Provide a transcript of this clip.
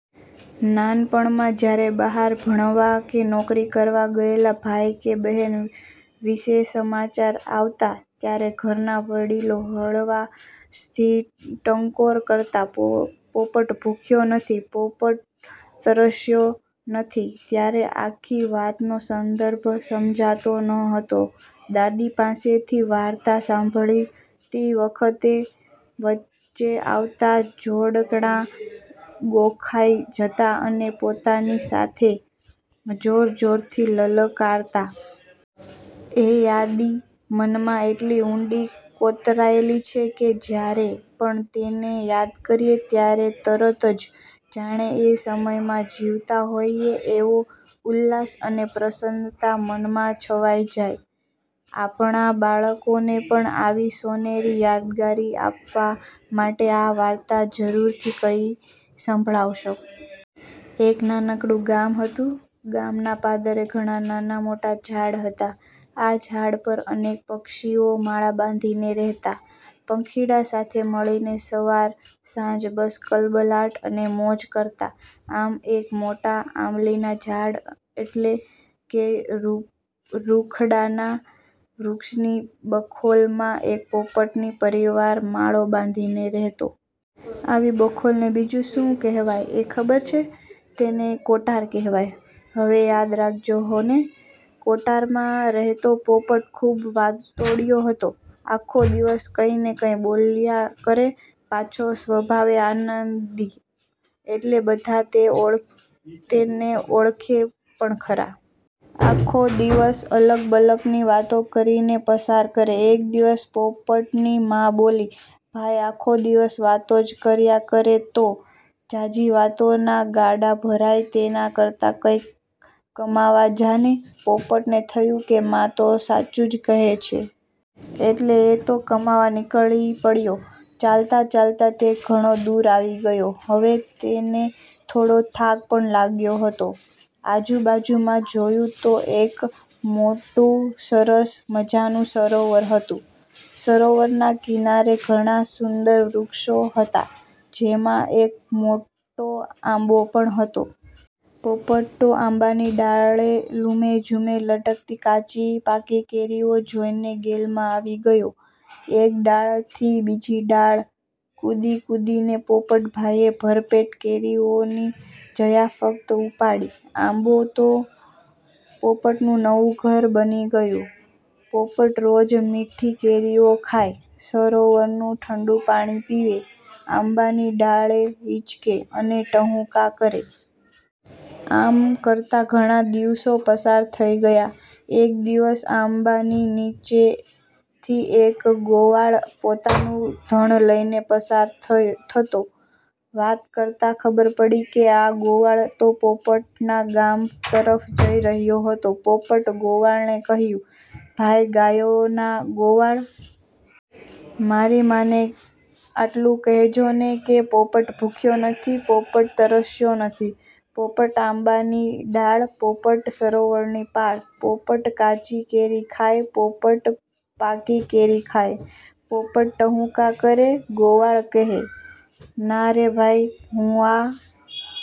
નાનપણમાં જ્યારે બહાર ભણવા કે નોકરી કરવા ગયેલા ભાઈ કે બહેન વિશે સમાચાર આવતા, ત્યારે ઘરના વડીલો હળવાશથી ટકોર કરતા, પોપટ ભૂખ્યો નથી, પોપટ તરસ્યો નથી. ત્યારે આખી વાતનો સંદર્ભ સમજાતો નહોતો. દાદી પાસેથી વાર્તા સાંભળતી વખતે વચ્ચે આવતા જોડકણાં ગોખાઈ જતા અને પોતાની સાથે જોરજોરથી લલકારતા. એ યાદી મનમાં એટલી ઊંડી કોતરાયેલી છે કે જ્યારે પણ તેને યાદ કરીએ, ત્યારે તરત જ જાણે એ સમયમાં જીવતા હોઈએ એવો ઉલ્લાસ અને પ્રસન્નતા મનમાં છવાઈ જાય. આપના બાળકોને પણ આવી સોનેરી યાદગીરી આપવા માટે આ વાર્તા જરૂરથી કહી સંભળાવશો. એક નાનકડું ગામ હતું. ગામના પાદરે ઘણાં નાનાં-મોટાં ઝાડ હતાં. આ ઝાડ પર અનેક પક્ષીઓ માળા બાંધીને રહેતા. પંખીડાં સાથે મળીને સવાર-સાંજ બસ કલબલાટ અને મોજ કરતા. આમ એક મોટા આમલીના ઝાડ એટલે કે રૂખડાના વૃક્ષની બખોલમાં એક પોપટનો પરિવાર માળો બાંધીને રહેતો. આવી બખોલને બીજું શું કહેવાય એ ખબર છે? તેને કોટર કહેવાય. હવે યાદ રાખજો હોં ને! કોટરમાં રહેતો પોપટ ખૂબ વાતોડિયો હતો. આખો દિવસ કંઈક ને કંઈક બોલ્યા કરે. પાછો સ્વભાવે આનંદી, એટલે બધા તે તેને ઓળખે પણ ખરા. આખો દિવસ અલક-મલકની વાતો કરીને પસાર કરે. એક દિવસ પોપટની મા બોલી, “ભાઈ, આખો દિવસ વાતો જ કર્યા કરે તો? ઝાઝી વાતોનાં ગાડાં ભરાય તેના કરતાં કંઈક કમાવા જા ને!” પોપટને થયું કે મા તો સાચું જ કહે છે. એટલે એ તો કમાવા નીકળી પડ્યો. ચાલતાં-ચાલતાં તે ઘણો દૂર આવી ગયો. હવે તેને થોડો થાક પણ લાગ્યો હતો. આજુબાજુમાં જોયું તો એક મોટું, સરસ મજાનું સરોવર હતું. સરોવરના કિનારે ઘણાં સુંદર વૃક્ષો હતાં, જેમાં એક મોટો આંબો પણ હતો. પોપટ તો આંબાની ડાળે લૂમેઝૂમે લટકતી કાચી-પાકી કેરીઓ જોઈને ગેલમાં આવી ગયો. એક ડાળથી બીજી ડાળ કૂદી-કૂદીને પોપટભાઈએ ભરપેટ કેરીઓની જયાફત ઉડાવી. આંબો તો જાણે પોપટનું નવું ઘર બની ગયો. પોપટ રોજ મીઠી કેરીઓ ખાય, સરોવરનું ઠંડું પાણી પીવે, આંબાની ડાળે હિંચકે અને ટહુકા કરે. આમ કરતાં ઘણાં દિવસો પસાર થઈ ગયા. એક દિવસ આંબાની નીચેથી એક ગોવાળ પોતાનું ધણ લઈને પસાર થયો થતો.વાત કરતાં ખબર પડી કે આ ગોવાળ તો પોપટના ગામ તરફ જઈ રહ્યો હતો. પોપટે ગોવાળને કહ્યું, ભાઈ ગાયોના ગોવાળ! મારી મા ને આટલું કહેજે ને કે, પોપટ ભૂખ્યો નથી, પોપટ તરસ્યો નથી, પોપટ આંબાની ડાળ, પોપટ સરોવરની પાળ. પોપટ કાચી કેરી ખાય, પોપટ પાકી કેરી ખાય, પોપટ ટહૂકા કરે! ગોવાળ કહે, ના રે ભાઈ, હું આ